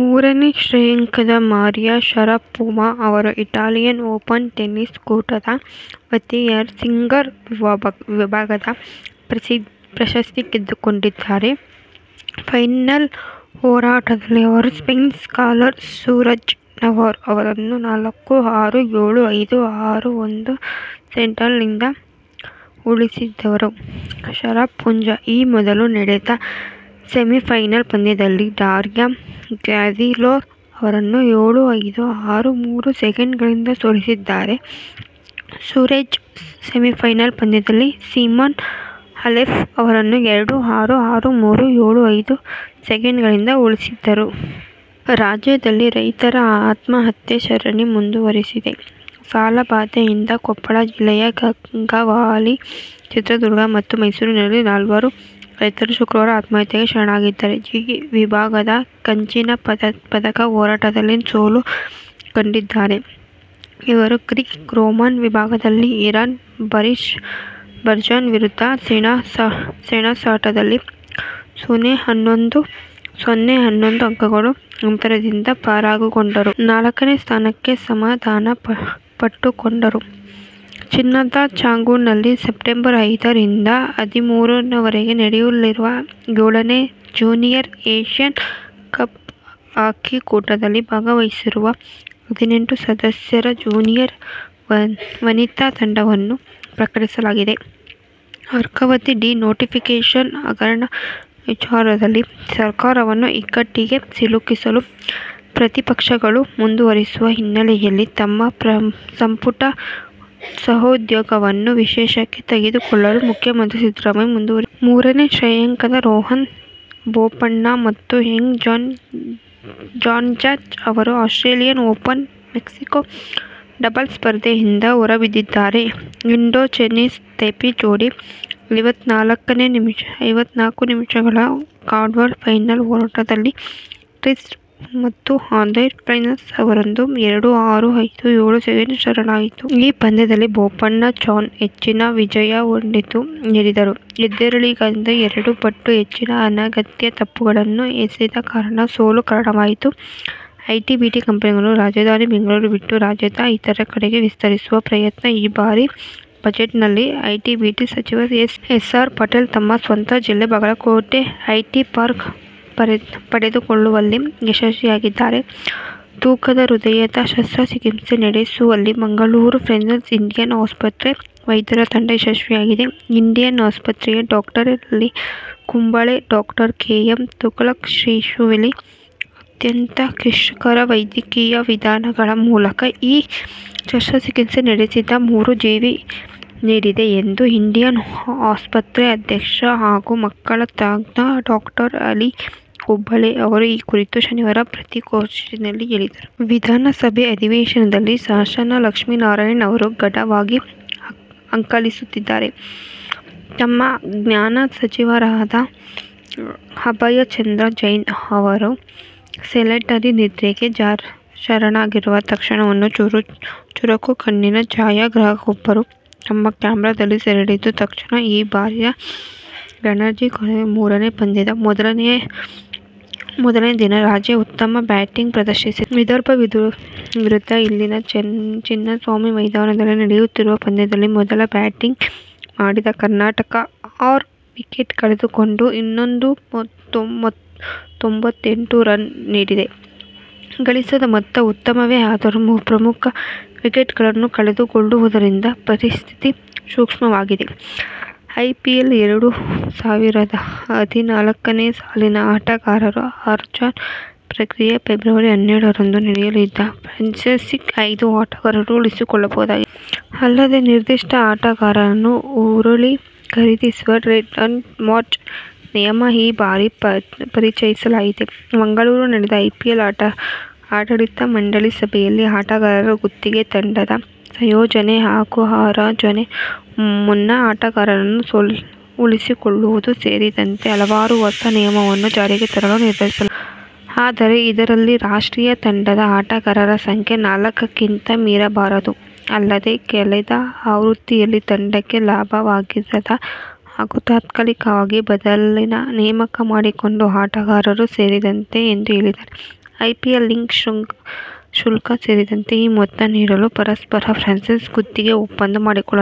ಮೂರನೇ ಶ್ರೇಯಾಂಕದ Maria Sharapova ಅವರು ಇಟಾಲಿಯನ್ ಓಪನ್ ಟೆನ್ನಿಸ್ ಕೂಟದ ವನಿತೆಯರ ಸಿಂಗಲ್ಸ್ ವಿಭಾಗದ ಪ್ರಶಸ್ತಿ ಗೆದ್ದುಕೊಂಡಿದ್ದಾರೆ. ಫೈನಲ್ ಹೋರಾಟದಲ್ಲಿ ಅವರು ಸ್ಪೇನ್ನ ಕಾರ್ಲಾ ಸೂರೆಜ್ ನವಾರೊ ಅವರನ್ನು ನಾಲ್ಕು-ಆರು, ಏಳು-ಐದು, ಆರು-ಒಂದು ಸೆಟ್ಗಳಿಂದ ಉರುಳಿಸಿದರು. ಶರಪೋವಾ ಈ ಮೊದಲು ನಡೆದ ಸೆಮಿಫೈನಲ್ ಪಂದ್ಯದಲ್ಲಿ ಡಾರಿಯಾ ಗ್ಯಾವ್ರಿಲೋವಾ ಅವರನ್ನು ಏಳು-ಐದು, ಆರು-ಮೂರು ಸೆಟ್ಗಳಿಂದ ಸೋಲಿಸಿದ್ದರೆ ಸೂರೆಜ್ ಸೆಮಿಫೈನಲ್ ಪಂದ್ಯದಲ್ಲಿ ಸಿಮೋನಾ ಹಾಲೆಪ್ ಅವರನ್ನು ಎರಡು-ಆರು, ಆರು-ಮೂರು, ಏಳು-ಐದು ಸೆಟ್ಗಳಿಂದ ಉರುಳಿಸಿದ್ದರು. ರಾಜ್ಯದಲ್ಲಿ ರೈತರ ಆತ್ಮಹತ್ಯೆ ಸರಣಿ ಮುಂದುವರಿದಿದೆ. ಸಾಲ ಬಾಧೆಯಿಂದ ಕೊಪ್ಪಳ ಜಿಲ್ಲೆಯ ಗಂಗಾವತಿ, ಚಿತ್ರದುರ್ಗ ಮತ್ತು ಮೈಸೂರಿನಲ್ಲಿ ನಾಲ್ವರು ರೈತರು ಶುಕ್ರವಾರ ಆತ್ಮಹತ್ಯೆಗೆ ಶರಣಾಗಿದ್ದಾರೆ. ಜಿ ವಿಭಾಗದ ಕಂಚಿನ ಪದಕ ಹೋರಾಟದಲ್ಲಿ ಸೋಲು ಕಂಡಿದ್ದಾರೆ. ಇವರು ಗ್ರೀಕ್ ರೋಮನ್ ವಿಭಾಗದಲ್ಲಿ ಇರಾನ್ನ ಬಶೀರ್ ಬಜನ್ ವಿರುದ್ಧದ ಸೆಣಸಾಟದಲ್ಲಿ ಸೊನ್ನೆ-ಹನ್ನೊಂದು ಅಂಕಗಳ ಅಂತರದಿಂದ ಪರಾಭವಗೊಂಡರು. ನಾಲ್ಕನೇ ಸ್ಥಾನಕ್ಕೆ ಸಮಾಧಾನ ಪಟ್ಟುಕೊಂಡರು. ಚೀನದ ಚಾಂಗ್ಝೂನಲ್ಲಿ ಸೆಪ್ಟಂಬರ್ ಐದ ರಿಂದ ಹದಿಮೂರ ವರೆಗೆ ನಡೆಯಲಿರುವ ಏಳನೇ ಜೂನಿಯರ್ ಏಶ್ಯ ಕಪ್ ಹಾಕಿ ಕೂಟದಲ್ಲಿ ಭಾಗವಹಿಸಲಿರುವ ಹದಿನೆಂಟು ಸದಸ್ಯರ ಜೂನಿಯರ್ ವನಿತಾ ತಂಡವನ್ನು ಪ್ರಕಟಿಸಲಾಗಿದೆ. ಅರ್ಕಾವತಿ ಡಿ-ನೋಟಿಫಿಕೇಷನ್ ಹಗರಣ ವಿಚಾರದಲ್ಲಿ ಸರ್ಕಾರವನ್ನು ಇಕ್ಕಟ್ಟಿಗೆ ಸಿಲುಕಿಸಲು ಪ್ರತಿಪಕ್ಷಗಳು ಮುಂದಾಗಿರುವ ಹಿನ್ನೆಲೆಯಲ್ಲಿ ತಮ್ಮ ಸಂಪುಟ ಸಹೋದ್ಯೋಗಿಗಳನ್ನು ವಿಶ್ವಾಸಕ್ಕೆ ತೆಗೆದುಕೊಳ್ಳಲು ಮುಖ್ಯಮಂತ್ರಿ ಸಿದ್ದರಾಮಯ್ಯ ಮುಂದಾಗಿದ್ದಾರೆ. ಮೂರನೇ ಶ್ರೇಯಾಂಕದ ರೋಹನ್ ಬೋಪಣ್ಣ ಮತ್ತು ಯಂಗ್ ಜಾನ್-ಚಾನ್ ಅವರು ಆಸ್ಟ್ರೇಲಿಯನ್ ಓಪನ್ ಮಿಕ್ಸೆಡ್ ಡಬಲ್ಸ್ ಸ್ಪರ್ಧೆ ಯಿಂದ ಹೊರಬಿದ್ದಿದ್ದಾರೆ. ಇಂಡೋ-ಚೈನೀಸ್ ತೈಪೆ ಜೋಡಿ ಐವತ್ನಾಲ್ಕು ನಿಮಿಷಗಳ ಕ್ವಾರ್ಟರ್ ಫೈನಲ್ ಹೋರಾಟದಲ್ಲಿ ಟ್ರಿಟ್ ಹ್ಯುಯಿ ಮತ್ತು ಆಂದ್ರೇಜ ಕ್ಲೆಪಾಕ್ ಅವರೆದುರು ಎರಡು-ಆರು, ಐದು-ಏಳು ಸೆಟ್ಗಳಿಂದ ಶರಣಾಯಿತು. ಈ ಪಂದ್ಯದಲ್ಲಿ ಬೋಪಣ್ಣ- ಚಾನ್ ಹೆಚ್ಚಿನ ವಿಜಯಿ ಹೊಡೆತ ನೀಡಿದ್ದರೂ ಎದುರಾಳಿಗಿಂತ ಎರಡು ಪಟ್ಟು ಹೆಚ್ಚಿನ ಅನಗತ್ಯ ತಪ್ಪುಗಳನ್ನು ಎಸೆದ ಕಾರಣ ಸೋಲು ಕಾಣುವಂತಾಯಿತು. ಐಟಿ-ಬಿಟಿ ಕಂಪನಿಗಳನ್ನು ರಾಜಧಾನಿ ಬೆಂಗಳೂರು ಬಿಟ್ಟು ರಾಜ್ಯದ ಇತರೆಡೆಗೂ ವಿಸ್ತರಿಸುವ ಪ್ರಯತ್ನ ಈ ಬಾರಿಯ ಬಜೆಟ್ನಲ್ಲಾಗಿದ್ದು, ಐಟಿ- ಬಿಟಿ ಸಚಿವ ಎಸ್. ಆರ್. ಪಾಟೀಲ್ ತಮ್ಮ ಸ್ವಂತ ಜಿಲ್ಲೆ ಬಾಗಲಕೋಟೆಗೆ ಐಟಿ ಪಾರ್ಕ್ ಪಡೆದುಕೊಳ್ಳುವಲ್ಲಿ ಯಶಸ್ವಿಯಾಗಿದ್ದಾರೆ. ತೂಕದ ಹೃದಯದ ಶಸ್ತ್ರಚಿಕಿತ್ಸೆ ನಡೆಸುವಲ್ಲಿ ಮಂಗಳೂರು ಪಂಪ್ವೆಲ್ನ ಇಂಡಿಯಾನ ಆಸ್ಪತ್ರೆ ವೈದ್ಯರ ತಂಡ ಯಶಸ್ವಿಯಾಗಿದೆ. ಇಂಡಿಯಾನ ಆಸ್ಪತ್ರೆಯ doctor Ali Kumble, doctor K. A. ತೂಕದ ಶಿಶುವಿಗೆ ಅತ್ಯಂತ ಕ್ಲಿಷ್ಟಕರ ವೈದ್ಯಕೀಯ ವಿಧಾನಗಳ ಮೂಲಕ ಈ ಶಸ್ತ್ರಚಿಕಿತ್ಸೆ ನಡೆಸಿ ಮರುಜೀವ ನೀಡಿದೆ ಎಂದು ಇಂಡಿಯಾನ ಆಸ್ಪತ್ರೆ ಅಧ್ಯಕ್ಷ ಹಾಗೂ ಮಕ್ಕಳ ತಜ್ಞ ಡಾಕ್ಟರ್ ಆಲಿ ಕುಂಬಳೆ ಈ ಕುರಿತು ಶನಿವಾರ ಪತ್ರಿಕಾಗೋಷ್ಠಿಯಲ್ಲಿ ಹೇಳಿದರು. ವಿಧಾನಸಭಾ ಅಧಿವೇಶನದಲ್ಲಿ ಶಾಸಕ ಲಕ್ಷ್ಮೀನಾರಾಯಣ ಅವರು ಗಾಢವಾಗಿ ಆಕಳಿಸುತ್ತಿದ್ದರೆ, ನಮ್ಮ ಘನ ಸಚಿವರಾದ ಅಭಯಚಂದ್ರ ಜೈನ್ ಅವರು ಸೈಲೆಂಟಾಗಿ ನಿದ್ರೆಗೆ ಶರಣಾಗಿರುವ ಕ್ಷಣವನ್ನು ಚುರುಕು ಕಣ್ಣಿನ ಛಾಯಾಗ್ರಾಹಕರೊಬ್ಬರು ತಮ್ಮ ಕೆಮರಾದಲ್ಲಿ ಸೆರೆಹಿಡಿದ ಕ್ಷಣ. ಈ ಬಾರಿಯ ರಣಜಿ ಋತುವಿನ ಮೂರನೇ ಪಂದ್ಯದ ಮೊದಲನೇ ದಿನ ರಾಜ್ಯ ಉತ್ತಮ ಬ್ಯಾಟಿಂಗ್ ಪ್ರದರ್ಶಿಸಿದೆ. ವಿದರ್ಭ ವಿರುದ್ಧ ಇಲ್ಲಿನ ಚಿನ್ನಸ್ವಾಮಿ ಮೈದಾನದಲ್ಲಿ ನಡೆಯುತ್ತಿರುವ ಪಂದ್ಯದಲ್ಲಿ ಮೊದಲು ಬ್ಯಾಟಿಂಗ್ ಮಾಡಿದ ಕರ್ನಾಟಕ ಆರು ವಿಕೆಟ್ ಕಳೆದುಕೊಂಡು ಇನ್ನೂರ ತೊಂಬತ್ತೆಂಟು ರನ್ ಮಾಡಿದೆ. ಗಳಿಸಿದ ಮೊತ್ತ ಉತ್ತಮವೇ ಆದರೂ ಪ್ರಮುಖ ವಿಕೆಟ್ಗಳನ್ನು ಕಳೆದುಕೊಂಡಿರುವುದರಿಂದ ಪರಿಸ್ಥಿತಿ ಸೂಕ್ಷ್ಮವಾಗಿದೆ. ಐಪಿಎಲ್ ಎರಡು ಸಾವಿರದ ಹದಿನಾಲ್ಕನೇ ಸಾಲಿನ ಆಟಗಾರರ ಹರಾಜು ಪ್ರಕ್ರಿಯೆ ಫೆಬ್ರವರಿ ಹನ್ನೆರಡರಂದು ನಡೆಯಲಿದ್ದು, ಫ್ರಾಂಚೈಸಿಗಳು ಐದು ಆಟಗಾರರನ್ನು ಉಳಿಸಿಕೊಳ್ಳಬಹುದಾಗಿದೆ. ಅಲ್ಲದೇ ನಿರ್ದಿಷ್ಟ ಆಟಗಾರರನ್ನು ಮರಳಿ ಖರೀದಿಸುವ 'ರೈಟ್ ಟು ಮ್ಯಾಚ್' ನಿಯಮ ಈ ಬಾರಿ ಪರಿಚಯಿಸಲಾಗುತ್ತಿದೆ. ಮಂಗಳವಾರ ನಡೆದ ಐಪಿಎಲ್ ಆಡಳಿತ ಮಂಡಳಿ ಸಭೆಯಲ್ಲಿ ಆಟಗಾರರ ಗುತ್ತಿಗೆ, ತಂಡದ ಸಂಯೋಜನೆ ಹಾಗೂ ಹರಾಜಿಗೂ ಮುನ್ನ ಆಟಗಾರರನ್ನು ಉಳಿಸಿಕೊಳ್ಳುವುದು ಸೇರಿದಂತೆ ಹಲವಾರು ಹೊಸ ನಿಯಮಗಳನ್ನು ಜಾರಿಗೆ ತರಲು ನಿರ್ಧರಿಸಲಾಗಿದೆ. ಆದರೆ ಇದರಲ್ಲಿ ರಾಷ್ಟ್ರೀಯ ತಂಡದ ಆಟಗಾರರ ಸಂಖ್ಯೆ ನಾಲ್ಕಕ್ಕಿಂತ ಮೀರಬಾರದು. ಅಲ್ಲದೇ ಕಳೆದ ಆವೃತ್ತಿಯಲ್ಲಿ ತಂಡಕ್ಕೆ ಲಭ್ಯರಾಗದ ಹಾಗೂ ತಾತ್ಕಾಲಿಕವಾಗಿ ಬದಲಿ ನೇಮಕ ಮಾಡಿಕೊಂಡ ಆಟಗಾರರು ಸೇರಿದ್ದಾರೆ ಎಂದು ಹೇಳಿದೆ. ಐಪಿಎಲ್ ಲೀಗ್ ಶುಲ್ಕ ಸೇರಿದಂತೆ ಈ ಮೊತ್ತ ನೀಡಲು ಪರಸ್ಪರ ಫ್ರಾಂಚೈಸಿಗಳು ಗುತ್ತಿಗೆ ಒಪ್ಪಂದ ಮಾಡಿಕೊಳ್ಳಬಹುದಾಗಿದೆ.